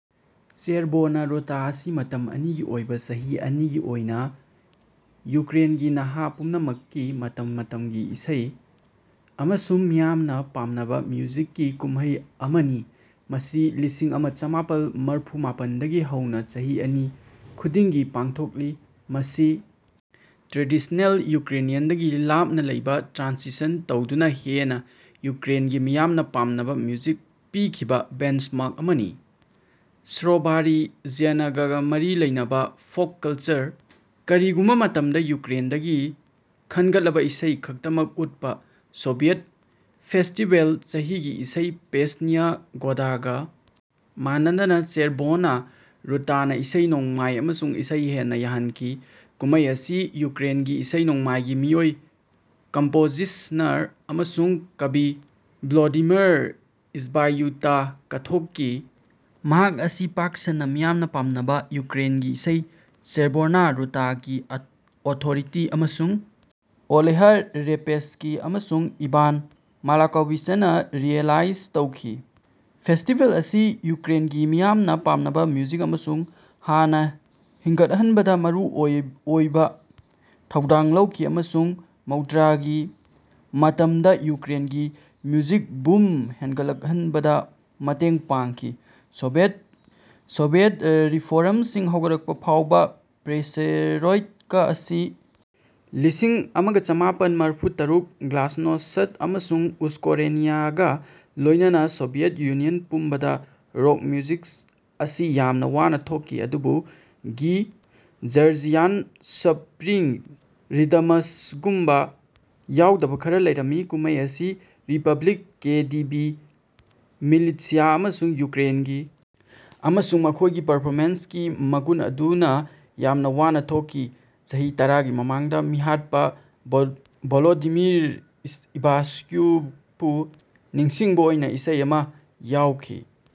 Chervona ꯔꯨꯇꯥ ꯑꯁꯤ ꯃꯇꯝ ꯑꯅꯤꯒꯤ ꯑꯣꯏꯕꯥ ꯆꯍꯤ ꯑꯅꯤꯒꯤ ꯑꯣꯏꯅꯥ ꯌꯨꯀ꯭ꯔꯦꯟꯒꯤ ꯅꯍꯥ ꯄꯨꯝꯅꯃꯛꯀꯤ ꯃꯇꯝ ꯃꯇꯝꯒꯤ ꯏꯁꯩ ꯑꯃꯁꯨꯡ ꯃꯤꯌꯥꯝꯅꯥ ꯄꯥꯝꯅꯕꯥ ꯃ꯭ꯌꯨꯖꯤꯛꯀꯤ ꯀꯨꯝꯃꯩ ꯑꯃꯅꯤ ꯃꯁꯤ ꯂꯤꯁꯤꯡ ꯑꯃ ꯆꯃꯥꯄꯟ ꯃꯔꯐꯨ ꯃꯥꯄꯟꯗꯒꯤ ꯍꯧꯅꯥ ꯆꯍꯤ ꯑꯅꯤ ꯈꯨꯗꯤꯡꯒꯤ ꯄꯥꯡꯊꯣꯛꯂꯤ ꯃꯁꯤ ꯇ꯭ꯔꯦꯗꯤꯁꯟꯅꯦꯜ ꯌꯨꯀ꯭ꯔꯦꯅꯤꯌꯥꯟꯗꯒꯤ ꯂꯥꯞꯅꯥ ꯂꯩꯕꯥ ꯇ꯭ꯔꯥꯟꯁꯤꯁꯟ ꯇꯧꯗꯨꯅꯥ ꯍꯦꯟꯅꯥ ꯌꯨꯀ꯭ꯔꯦꯟꯒꯤ ꯃꯤꯌꯥꯝꯅꯥ ꯄꯥꯝꯅꯕꯥ ꯃ꯭ꯌꯨꯖꯤꯛ ꯄꯤꯈꯤꯕꯥ ꯕꯦꯟꯆꯃꯥꯔꯛ ꯑꯃꯅꯤ꯫ ꯁꯥꯔꯣꯚꯥꯔꯤ ꯖ꯭ꯌꯥꯅꯔꯒꯥ ꯃꯔꯤ ꯂꯩꯅꯕꯥ ꯐꯣꯛ ꯀꯂꯆꯔ꯫ ꯀꯔꯤꯒꯨꯝꯕꯥ ꯃꯇꯝꯗꯥ ꯌꯨꯀ꯭ꯔꯦꯟꯗꯒꯤ ꯈꯟꯒꯠꯂꯕꯥ ꯏꯁꯩ ꯈꯛꯇꯃꯛ ꯎꯠꯄꯥ ꯁꯣꯚꯤꯌꯦꯠ ꯐꯦꯁꯇꯤꯕꯦꯜ ꯆꯍꯤꯒꯤ ꯏꯁꯩ ꯄꯦꯁꯅꯤꯌꯥ ꯒꯣꯗꯥꯒꯥ ꯃꯥꯟꯅꯗꯅꯥ ꯆꯦꯔꯚꯣꯅꯥ ꯔꯨꯇꯥꯅꯥ ꯏꯁꯩ ꯅꯣꯡꯃꯥꯏ ꯑꯃꯁꯨꯡ ꯏꯁꯩ ꯍꯦꯟꯅꯥ ꯌꯥꯍꯟꯈꯤ꯫ ꯀꯨꯝꯃꯩ ꯑꯁꯤ ꯌꯨꯀ꯭ꯔꯦꯟꯒꯤ ꯏꯁꯩ ꯅꯣꯡꯃꯥꯏꯒꯤ ꯃꯤꯑꯣꯏ ꯀꯝꯄꯣꯖꯤꯁꯅꯔ ꯑꯃꯁꯨꯡ ꯀꯕꯤ ꯚꯣꯂꯣꯗꯤꯃꯤꯔ ꯏꯚꯥꯁꯌꯨꯛꯇꯥ ꯀꯠꯊꯣꯛꯂꯤ ꯃꯍꯥꯛ ꯑꯁꯤ ꯄꯥꯛ ꯁꯟꯅꯥ ꯃꯤꯌꯥꯝꯅꯥ ꯄꯥꯝꯅꯕꯥ ꯌꯨꯀ꯭ꯔꯦꯟꯒꯤ ꯏꯁꯩ ꯆꯦꯔꯚꯣꯅꯥ ꯔꯨꯇꯥꯒꯤ ꯑꯣꯊꯣꯔꯤꯇꯤ ꯑꯃꯁꯨꯡ ꯑꯣꯂꯦꯍ ꯔꯦꯄꯦꯠꯁ꯭ꯀꯤ ꯑꯃꯁꯨꯡ ꯏꯚꯥꯟ ꯃꯥꯂꯀꯣꯚꯤꯆꯅꯥ ꯔꯤꯑꯦꯂꯥꯏꯖ ꯇꯧꯈꯤ꯫ ꯐꯦꯁꯇꯤꯕꯦꯜ ꯑꯁꯤꯅꯥ ꯌꯨꯀ꯭ꯔꯦꯟꯒꯤ ꯃꯤꯌꯥꯝꯅꯥ ꯄꯥꯝꯅꯕꯥ ꯃ꯭ꯌꯨꯖꯤꯛ ꯑꯃꯨꯛ ꯍꯟꯅꯥ ꯍꯤꯡꯒꯠꯍꯟꯕꯗꯥ ꯃꯔꯨꯑꯣꯏꯕꯥ ꯊꯧꯗꯥꯡ ꯂꯧꯈꯤ ꯑꯃꯁꯨꯡ ꯃꯧꯗ꯭ꯔꯥꯒꯤ ꯃꯇꯝꯗꯥ ꯌꯨꯀ꯭ꯔꯦꯟꯒꯤ ꯃ꯭ꯌꯨꯖꯤꯛ ꯕꯨꯝ ꯍꯦꯟꯒꯠꯍꯟꯕꯗꯥ ꯃꯇꯦꯡ ꯄꯥꯡꯈꯤ꯫ ꯁꯣꯚꯤꯌꯦꯠ ꯔꯤꯐꯣꯔꯝꯁꯤꯡ ꯍꯧꯔꯛꯄꯐꯥꯎꯕꯥ ꯄꯦꯔꯦꯁ꯭ꯠꯔꯣꯏꯀꯥ ꯑꯁꯤ ꯂꯤꯁꯤꯡ ꯑꯃꯆꯃꯥꯄꯟꯃꯔꯐꯨ ꯇꯔꯨꯛ ꯒ꯭ꯂꯥꯁꯅꯣꯁ꯭ꯠ ꯑꯃꯁꯨꯡ ꯎꯁ꯭ꯀꯣꯔꯦꯅꯤꯌꯦꯒꯥ ꯂꯣꯏꯅꯅꯥ ꯁꯣꯚꯤꯌꯦꯠ ꯌꯨꯅꯤꯌꯟ ꯄꯨꯝꯕꯗꯥ ꯔꯣꯛ ꯃ꯭ꯌꯨꯖꯤꯛ ꯑꯁꯤ ꯌꯥꯝꯅꯥ ꯋꯥꯅꯥ ꯊꯣꯛꯈꯤ꯫ ꯑꯗꯨꯕꯨ ꯒꯤ ꯖꯔꯖꯤꯌꯥꯟ ꯁ꯭ꯞꯔꯤꯡ ꯔꯤꯗꯃꯁꯒꯨꯝꯕꯥ ꯌꯥꯎꯗꯕꯥ ꯈꯔꯥ ꯂꯩꯔꯝꯃꯤ꯫ ꯀꯨꯝꯃꯩ ꯑꯁꯤ ꯔꯤꯄꯕ꯭ꯂꯤꯛ ꯀꯦ ꯗꯤ ꯕꯤ ꯃꯤꯂꯤꯠꯁꯤꯌꯥ ꯑꯃꯁꯨꯡ ꯌꯨꯀ꯭ꯔꯦꯟꯒꯤ ꯑꯃꯁꯨꯡ ꯃꯈꯣꯏꯒꯤ ꯄꯔꯐꯣꯃꯦꯟꯁꯀꯤ ꯃꯒꯨꯟ ꯑꯗꯨꯅꯥ ꯌꯥꯝꯅꯥ ꯋꯥꯅꯥ ꯊꯣꯛꯈꯤ꯫ ꯆꯍꯤ ꯇꯔꯥꯒꯤ ꯃꯃꯥꯡꯗꯥ ꯃꯤꯍꯥꯠꯄꯥ ꯚꯣꯂꯣꯗꯤꯃꯤꯔ ꯏꯚꯥꯁ꯭ꯌꯨꯀꯄꯨ ꯅꯤꯡꯁꯤꯡꯕꯥ ꯑꯣꯏꯅꯥ ꯏꯁꯩ ꯑꯃꯥ ꯌꯥꯎꯈꯤ꯫